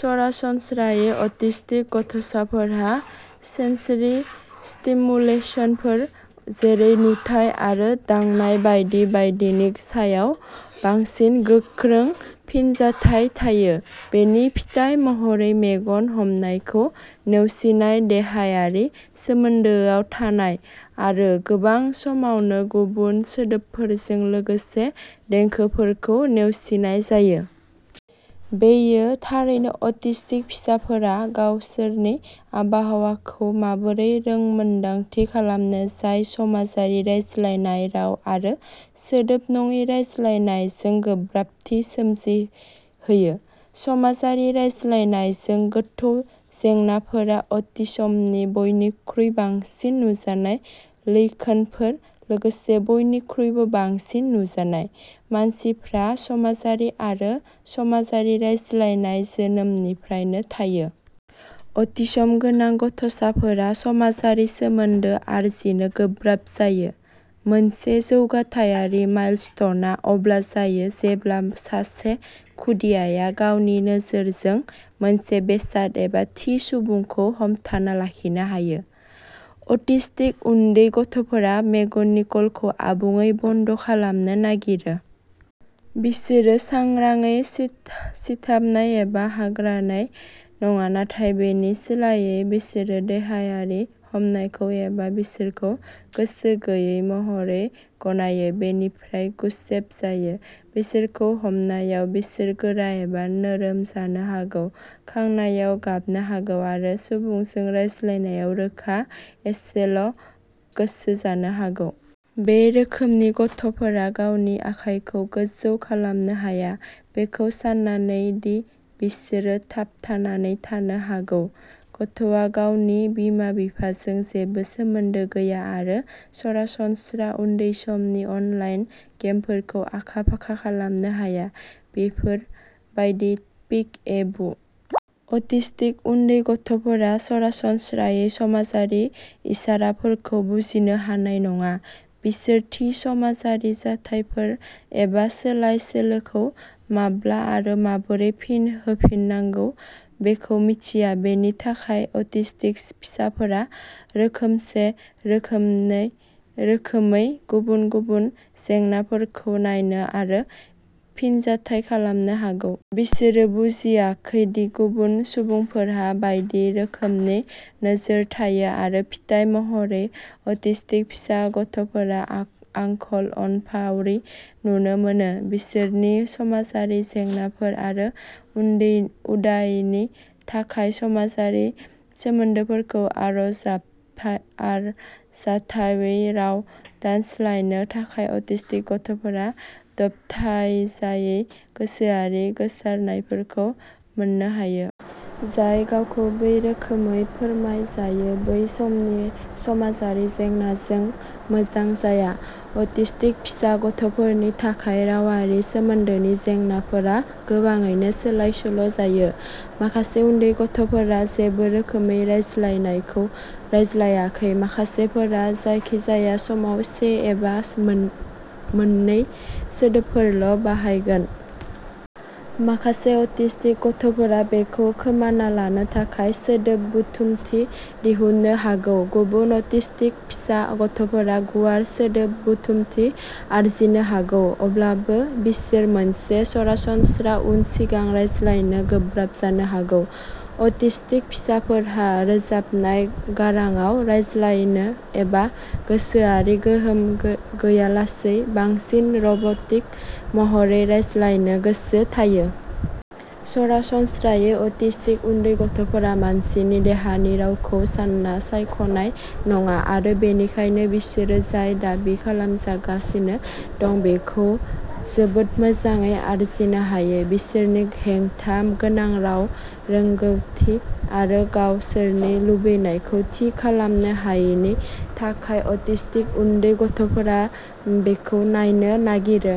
सरासनस्रायै अटिस्टिक गथ'साफोरहा सेन्स'रि स्टिमुलेसनफोर जेरै नुथाइ आरो दांनाय बायदि बायदिनि सायाव बांसिन गोख्रों फिनजाथाय थायो। बेनि फिथाय महरै मेगन हमनायखौ नेवसिनाय देहायारि सोमोन्दोआव थानाय, आरो गोबां समावनो गुबुन सोदोबफोरजों लोगोसे देंखोफोरखौ नेवसिनाय जायो। बेयो थारैनो अटिस्टिक फिसाफोरा गावसोरनि आबहावाखौ माबोरै रोंमोन्दांथि खालामो जाय समाजारि रायज्लायनाय राव आरो सोदोब नङै रायज्लायनायजों गोब्राबथि सोमजिहोयो। समाजारि रायज्लायनायजों गोथौ जेंनाफोरा अटिसमनि बयनिख्रुइ बांसिन नुजानाय लैखोनफोर लोगोसे बयनिख्रुइबो बांसिन नुजानाय। मानसिफ्रा समाजारि आरो समाजारि रायज्लायनाय, जोनोमनिफ्रायनो थायो। अटिसम गोनां गथ'साफोरा समाजारि सोमोन्दो आरजिनो गोब्राब जायो। मोनसे जौगाथायारि माइलस्टनआ अब्ला जायो जेब्ला सासे खुदियाया गावनि नोजोरजों मोनसे बेसाद एबा थि सुबुंखौ हमथाना लाखिनो हायो। अटिस्टिक उन्दै गथ'फोरा मेगननि कलखौ आबुङै बन्द' खालामनो नागिरो। बिसोरो सांग्राङै सिथाबनाय एबा हाग्रायनाय नङा नाथाय बेनि सोलायै बिसोरो देहायारि हमनायखौ एबा बिसोरखौ गोसो गैयै महरै गनायो। बेनिफ्राय गुसेब जायो। बिसोरखौ हमनायाव बिसोर गोरा एबा नोरोम जानो हागौ, खांनायाव गाबनो हागौ, आरो सुबुंजों रायज्लायनायाव रोखा एसेल' गोसो जानो हागौ। बे रोखोमनि गथ'फोरा गावनि आखाइखौ गोजौ खालामनो हाया। बेखौ साननानै दि बिसोर थाबथानानै थानो हागौ। गथ'आ गावनि बिमा-बिफाजों जेबो सोमोन्दो गैया आरो सरासनस्रा उन्दै समनि अनलाइन गेमफोरखौ आखा-फाखा खालामनो हाया। बेफोर बायदि पिक ए बु। अटिस्टिक उन्दै गथ'फोरा सरासनस्रायै समाजारि इसाराफोरखौ बुजिनो हानाय नङा। बिसोर थि समाजारि जाथायफोर एबा सोलाय-सोल'खौ माब्ला आरो माबोरै फिन होफिननांगौ बेखौ मिथिया। बेनि थाखाय अटिस्टिक फिसाफोरा रोखोमसे रोखोमै गुबुन गुबुन जेंनाफोरखौ नायनो आरो फिनजाथाय खालामनो हागौ। बिसोरो बुजियाखै दि गुबुन सुबुंफोरहा बायदि रोखोमनि नोजोर थायो आरो फिथाय महरै अटिस्टिक फिसा गथ'फोरा आंखाल अनफावरि नुनो मोनो। बिसोरनि समाजारि जेंनाफोर आरो उदायैनि थाखाय। समाजारि सोमोन्दोफोरखौ आरजाथावै राव दानस्लायनो थाखाय अटिस्टिक गथ'फोरा दबथायजायै गोसोआरि गोसारनायफोरखौ मोननो हायो। जाय गावखौ बै रोखोमै फोरमायो जाय बै समनि समाजारि जेंनाजों मोजां जाया। अटिस्टिक फिसा गथ'फोरनि थाखाय रावारि सोमोन्दोनि जेंनाफोरा गोबाङैनो सोलाय-सोल' जायो। माखासे उन्दै गथ'फोरा जेबो रोखोमै रायज्लायाखै। माखासेफोरा जायखिजाया समाव से एबा मोननै सोदोबफोरल' बाहायगोन। माखासे अटिस्टिक गथ'फोरा बेखौ खोमाना लानो थाखाय सोदोब बुथुमथि दिहुननो हागौ। गुबुन अटिस्टिक फिसा गथ'फोरा गुवार सोदोब बुथुमथि आरजिनो हागौ। अब्लाबो बिसोर मोनसे सरासनस्रा उन सिगां रायज्लायनो गोब्राब जानो हागौ। अटिस्टिक फिसाफोरहा रोजाबनाय गारांआव रायज्लायनो एबा गोसोआरि गोहोम गैयालासे बांसिन रब'टिक महरै रायज्लायनो गोसो थायो। सरासनस्रायै अटिस्टिक उन्दै गथ'फोरा मानसिनि देहानि रावखौ सानना सायख'नाय नङा आरो बेनिखायनो बिसोरो जाय दाबि खालामजागासिनो दं बेखौ जोबोद मोजाङै आरजिनो हायो। बिसोरनि हेंथा गोनां राव रोंग'थि आरो गावसोरनि लुबैनायखौ थि खालामनो हायैनि थाखाय अटिस्टिक उन्दै गथ'फोरा बेखौ नायनो नागिरो।